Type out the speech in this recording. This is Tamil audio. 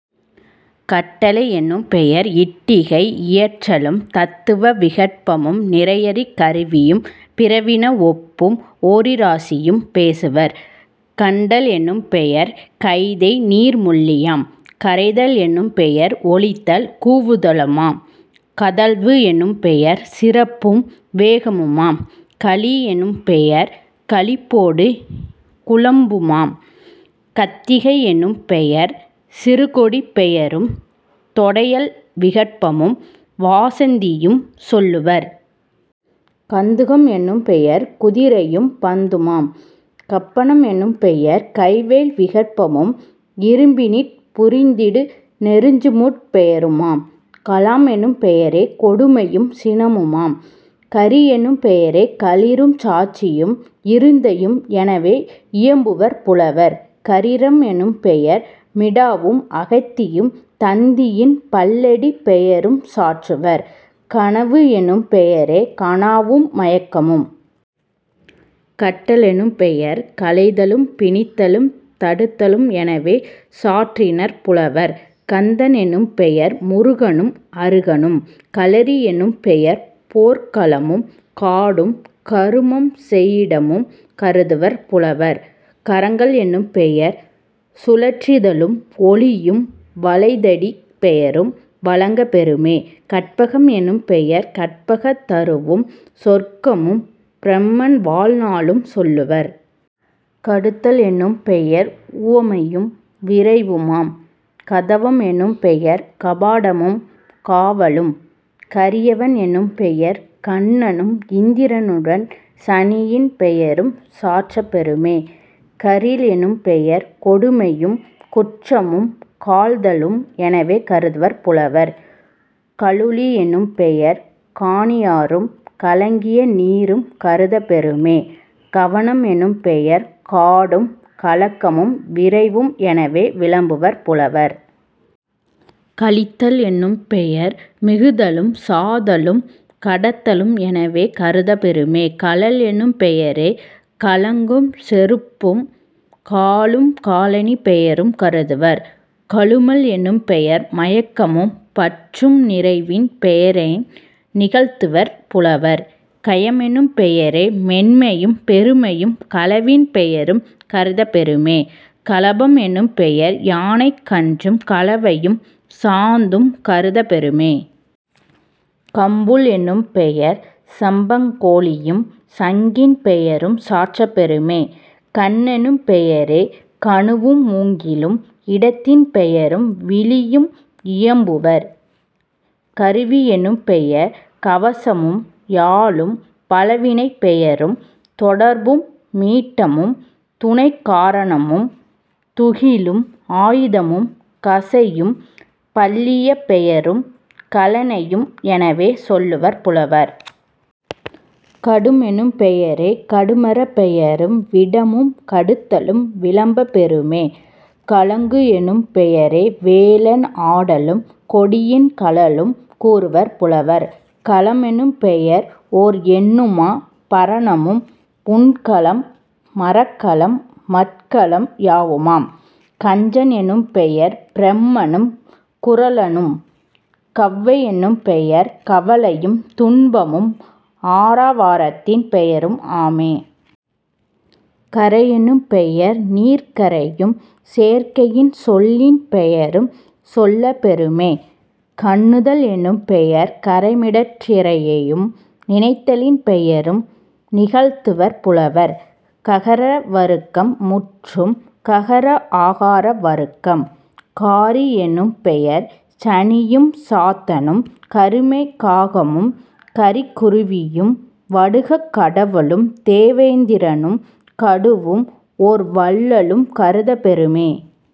கட்டளை யெனும்பெயர் இட்டிகை யியற்றலுந் தத்துவ விகற்பமு நிறையறி கருவியும் பிறவின ஒப்பும் ஓரிராசியும் பேசுவர்..... கண்ட லெனும்பெயர் கைதைநீர் முள்ளியாம்.... கரைதல் எனும்பெயர் ஒலித்தல் கூவுதலுமாம்..... கதழ்வு எனும் பெயர் சிறப்பும் வேகமுமாம்..... களியெனும் பெயர் களிப்பொடு குழம்புமாம்..... கத்திகை யெனும் பெயர் சிறுகொடிப் பெயரும் தொடையல் விகற்பமும் வாசந்தியும் சொல்லுவர்..... கந்துக மெனும்பெயர் குதிரையும் பந்துமாம்..... கப்பண மெனும்பெயர் கைவேல் விகற்பமும் இரும்பினிற் புரிந்திடு நெருஞ்சிமுட் பெயருமாம்..... கலாமெனும் பெயரே கொடுமையும் சினமுமாம்.... கரியெனும் பெயரே களிறுஞ் சாட்சியும் இருந்தையும் எனவே யியம்புவர் புலவர்..... கரீர மெனும்பெயர் மிடாவும் அகத்தியும் தந்தியின் பல்லடிப் பெயருஞ் சாற்றுவர்..... கனவு எனும் பெயரே கனாவு மயக்கமும்..... கட்டலெனும்பெயர் களைதலும் பிணித்தலும் தடுத்தலும் எனவே சாற்றினர் புலவர்..... கந்த னெனும்பெயர் முருகனும் அருகனும்..... களரி யெனும்பெயர் போர்க்களமும் காடும் கருமஞ் செய்யிடமுங் கருதுவர் புலவர்..... கறங்க லெனும்பெயர் சுழற்றுதலு மொலியும் வளைதடிப் பெயரும் வழங்கப் பெறுமே..... கற்பக மெனும்பெயர் கற்பக தருவும் சொர்க்கமும் பிரமன் வாழ்நாளுஞ் சொல்லுவர்..... கடுத்தல் எனும்பெயர் உவமையும் விரைவுமாம்..... கதவ மெனும்பெயர்க் கபாடமும் காவலும்..... கரியவன் எனும்பெயர் கண்ணனும் இந்திரனுடன் சனியின் பெயரும் சாற்றப் பெறுமே..... கரிலெனும் பெயர் கொடுமையுங் குற்றமும் காழ்த்தலும் எனவே கருதுவர் புலவர்..... கலுழி யெனும்பெயர் கானி யாறும் கலங்கிய நீருங் கருதப் பெறுமே..... கவன மெனும்பெயர் காடுங் கலக்கமும் விரைவும் எனவே விளம்புவர் புலவர்.....। கழித்தலெனும்பெயர் மிகுதலுஞ் சாதலும் கடத்தலு மெனவே கருதப் பெறுமே..... கழலெனும் பெயரே கழங்குஞ் செருப்பும் காலுங் காலணிப் பெயருங் கருதுவர்..... கழும லெனும்பெயர் மயக்கமும் பற்றும் நிறைவின் பெயரு நிகழ்த்துவர் புலவர்..... கயமெனும் பெயரே மென்மையும் பெருமையும் களவின் பெயருங் கருதப் பெறுமே..... களப மெனும்பெயர் யானைக் கன்றும் கலவையுஞ் சாந்தும் கருதப் பெறுமே..... கம்புள் எனும்பெயர் சம்பங் கோழியுஞ் சங்கின் பெயருஞ் சாற்றப் பெறுமே..... கண்ணெனும் பெயரே கணுவு மூங்கிலும் இடத்தின் பெயரும் விழியு மியம்புவர்..... கருவி யெனும்பெயர் கவசமும் யாழும் பலவினைப் பெயருந் தொடர்பு மீட்டமுந் துணைக்காரணமுந் துகிலும் ஆயுதமும் கசையும் பல்லியப் பெயருங் கலணையுந் எனவே சொல்லுவர் புலவர்..... கடும் எனும் பெயரே கடுமரப் பெயரும் விடமும் கடுத்தலும் விளம்பப் பெறுமே..... கழங்கு எனும் பெயரே வேல னாடலுங் கொடியின் கழலுங் கூறுவர் புலவர்..... கலமெனும் பெயர் ஓர் எண்ணுமா பரணமும் உண்கல மரக்கல மட்கலம் யாவுமாம்..... கஞ்ச னெனும்பெயர் பிரமனுங் குறளனும்..... கவ்வை யெனும்பெயர் கவலையுந் துன்பமும் ஆர வாரத்தின் பெயரும் ஆமே..... கரையெனும் பெயர்நீர்க் கரையுஞ் சேர்க்கையின் சொல்லின் பெயருஞ் சொல்லப் பெறுமே..... கண்ணுத லெனும்பெயர் கறைமிடற்றிறையையும் நினைத்தலின் பெயரு நிகழ்த்துவர் புலவர்..... ககர வருக்கம் முற்றும். ககர ஆகார வருக்கம் காரி யெனும்பெயர் சனியுஞ் சாத்தனுங் கருமை காகமுங் கரிக்குருவியும் வடுகக் கடவுளுந் தெய்வேந்திரனும் கடுவும் ஓர் வள்ளலுங் கருதப் பெறுமே.